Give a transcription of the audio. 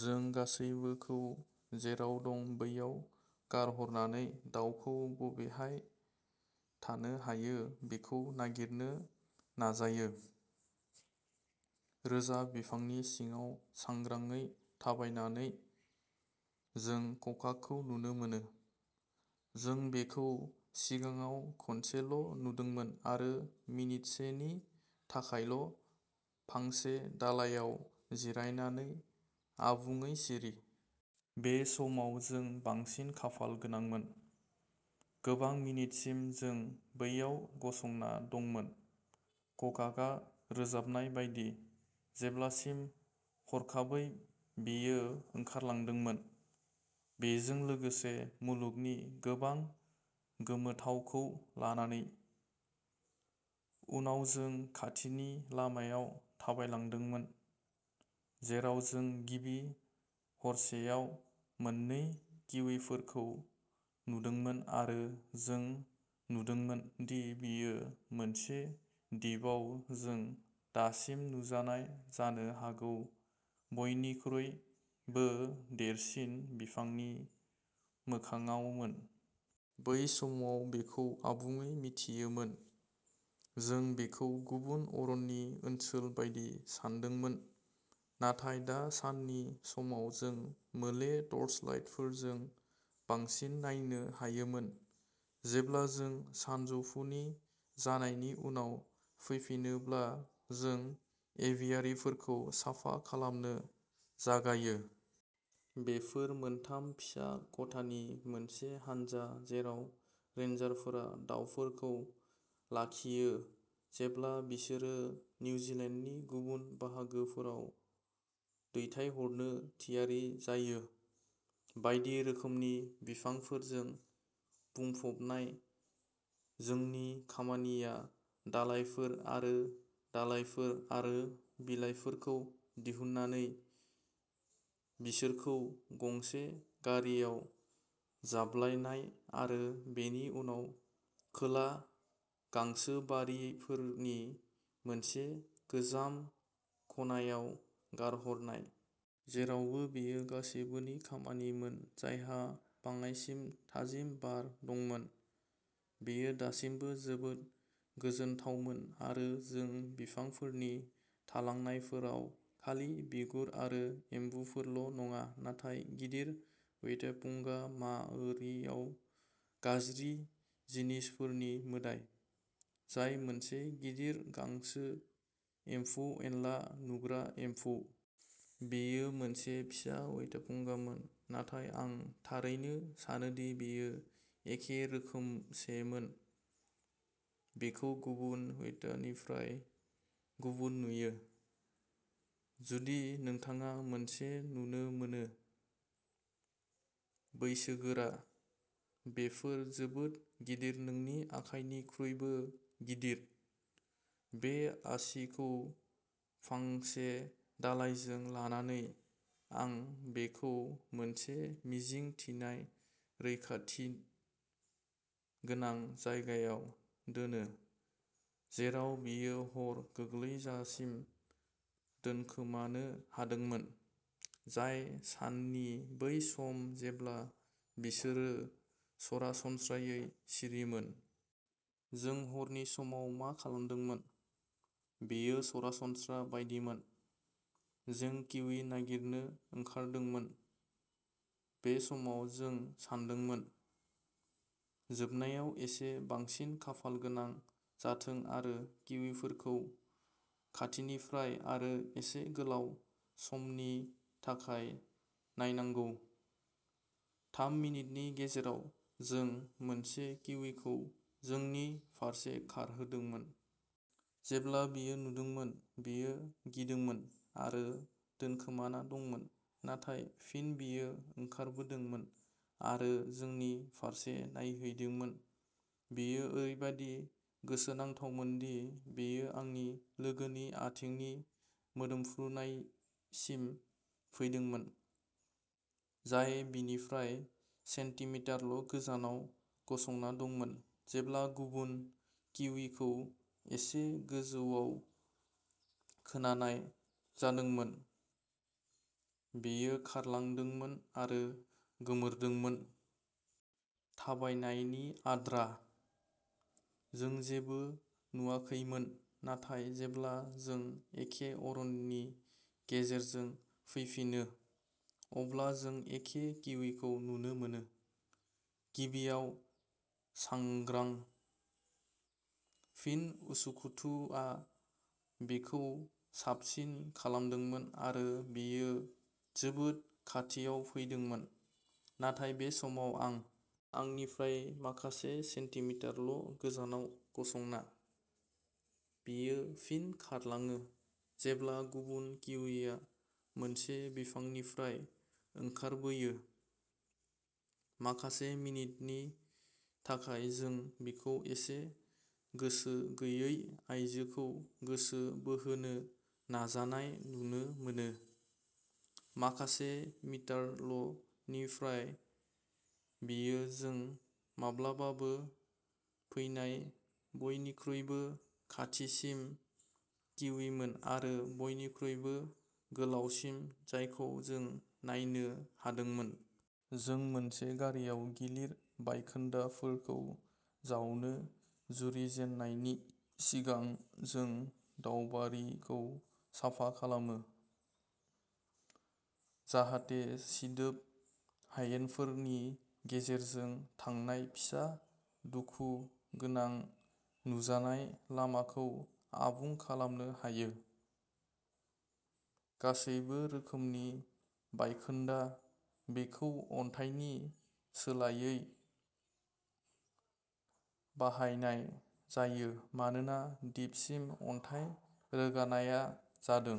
जों गासैबोखौ जेराव दं बैयाव गारहरनानै दावखौ बबेहाय थानो हायो बेखौ नागिरनो नाजायो। रोजा बिफांनि सिङाव सांग्राङै थाबायनानै, जों ककाक'खौ नुनो मोनो। जों बेखौ सिगाङाव खनसेल' नुदोंमोन आरो मिनितसेनि थाखायल', फांसे दालाइआव जिरायनानै, आबुङै सिरि। बे समाव जों बांसिन खाफाल गोनांमोन। गोबां मिनिटसिम जों बैयाव गसंना दंमोन, ककाक'आ रोजाबनाय बायदि, जेब्लासिम हरखाबै बेयो ओंखारलांदोंमोन, बेजों लोगोसे मुलुगनि गोबां गोमोथावखौ लानानै। उनाव जों खाथिनि लामायाव थाबायलांदोंमोन, जेराव जों गिबि हरसेयाव मोननै किविफोरखौ नुदोंमोन आरो जों नुदोंमोन दि बेयो मोनसे दिपआव जों दासिम नुजानाय जानो हागौ बयनिख्रुइबो देरसिन बिफांनि मोखाङावमोन। बै समाव बेखौ आबुङै मिथियामोन, जों बेखौ गुबुन अरननि ओनसोल बायदि सान्दोंमोन, नाथाय दा साननि समाव जों मोले टर्चलाइटफोरजों बांसिन नायनो हायोमोन। जेब्ला जों सानजौफुनि जानायनि उनाव फैफिनोब्ला जों एभियारिफोरखौ साफा खालामनो जागायो। बेफोर मोनथाम फिसा खथानि मोनसे हानजा जेराव रेन्जारफोरा दाउफोरखौ लाखियो जेब्ला बिसोरो निउजिलेन्डनि गुबुन बाहागोफोराव दैथायहरनो थियारि जायो। बायदि रोखोमनि बिफांफोरजों बुंफबनाय, जोंनि खामानिया दालाइफोर आरो दालाइफोर आरो बिलाइफोरखौ दिहुननानै, बिसोरखौ गंसे गारिआव जाब्लायनाय आरो बेनि उनाव खोला गांसोबारिफोरनि मोनसे गोजान खनायाव गारहरनाय। जेरावबो बेयो गासैबोनि खामानिमोन जायहा बाङायसिन थाजिम बार दंमोन, बेयो दासिमबो जोबोद गोजोनथावमोन आरो जों बिफांफोरनि थालांनायफोराव खालि बिगुर आरो एम्बुफोरल' नङा, नाथाय गिदिर वेटापुंगा-माओरीआव "गाज्रि जिनिसफोरनि मोदाइ", जाय मोनसे गिदिर गांसो, एम्फौ-एनला नुग्रा एम्फौ। बेयो मोनसे फिसा वेटापुंगामोन, नाथाय आं थारैनो सानोदि बेयो एखे रोखोमसेमोन। बेखौ गुबुन वेटानिफ्राय गुबुन नुयो। जुदि नोंथाङा मोनसे नुनो मोनो। बैसोगोरा, बेफोर जोबोद गिदिर नोंनि आखाइनिख्रुइबो गिदिर> बे आसिखौ फांसे दालाइजों लानानै, आं बेखौ मोनसे मिजिं थिनाय रैखाथि गोनां जायगायाव दोनो, जेराव बेयो हर गोग्लैजासिम दोनखोमानो हादोंमोन, जाय साननि बै सम जेब्ला बिसोरो सरासनस्रायै सिरिमोन। जों हरनि समाव मा खालामदोंमोन, बेयो सरासनस्रा बायदिमोन, जों किवी नागिरनो ओंखारदोंमोन। बे समाव, जों सानदोंमोन, जोबनायाव एसे बांसिन खाफालगोनां जाथों आरो किवीफोरखौ खाथिनिफ्राय आरो एसे गोलाव समनि थाखाय नायनांगौ। थाम मिनिटनि गेजेराव, जों मोनसे किवीखौ जोंनि फारसे खारहोदोंमोन। जेब्ला बेयो नुदोंमोन, बेयो गिदोंमोन आरो दोनखोमाना दंमोन, नाथाय फिन बेयो ओंखारबोदोंमोन आरो जोंनि फारसे नायहैदोंमोन। बेयो ओरैबादि गोसोनांथावमोनदि बेयो आंनि लोगोनि आथिंनि मोदोमफ्रुनायसिम फैदोंमोन, जाय बेनिफ्राय सेन्टिमिटारल' गोजानाव गसंना दंमोन। जेब्ला गुबुन किवीखौ एसे गोजौआव खोनानाय जादोंमोन, बेयो खारलांदोंमोन आरो गोमोरदोंमोन। थाबायनायनि आद्रा, जों जेबो नुवाखैमोन, नाथाय जेब्ला जों एखे अरननि गेजेरजों फैफिनो, अब्ला जों एखे किवीखौ नुनो मोनो। गिबियाव सांग्रां, फिन उसुखुथुआ बेखौ साबसिन खालामदोंमोन आरो बेयो जोबोद खाथियाव फैदोंमोन, नाथाय बे समाव आं। आंनिफ्राय माखासे सेन्टिमिटारल'गोजानाव गसंना, बेयो फिन खारलाङो जेब्ला गुबुन किवीआ मोनसे बिफांनिफ्राय ओंखारबोयो। माखासे मिनिटनि थाखाय जों बिखौ एसे गोसो गैयै आइजोखौ गोसो बोहोनो नाजानाय नुनो मोनो। माखासे मिटारल'निफ्राय बेयो जों माब्लाबाबो फैनाय बयनिख्रुइबो खाथिसिन किवीमोन आरो बयनिख्रुइबो गोलावसिन जायखौ जों नायनो हादोंमोन। जों मोनसे गारिआव गिलिर बायखोन्दाफोरखौ जावनो जुरिजेननायनि सिगां जों दावबारिखौ साफा खालामो, जाहाथे सिदोब हायेनफोरनि गेजेरजों थांनाय फिसा दुखुगोनां नुजानाय लामाखौ आबुं खालामनो हायो। गासैबो रोखोमनि बायखोन्दा, बेखौ अन्थाइनि सोलायै बाहायनाय जायो मानोना दिपसिम अन्थाइ रोगानायआ जादों।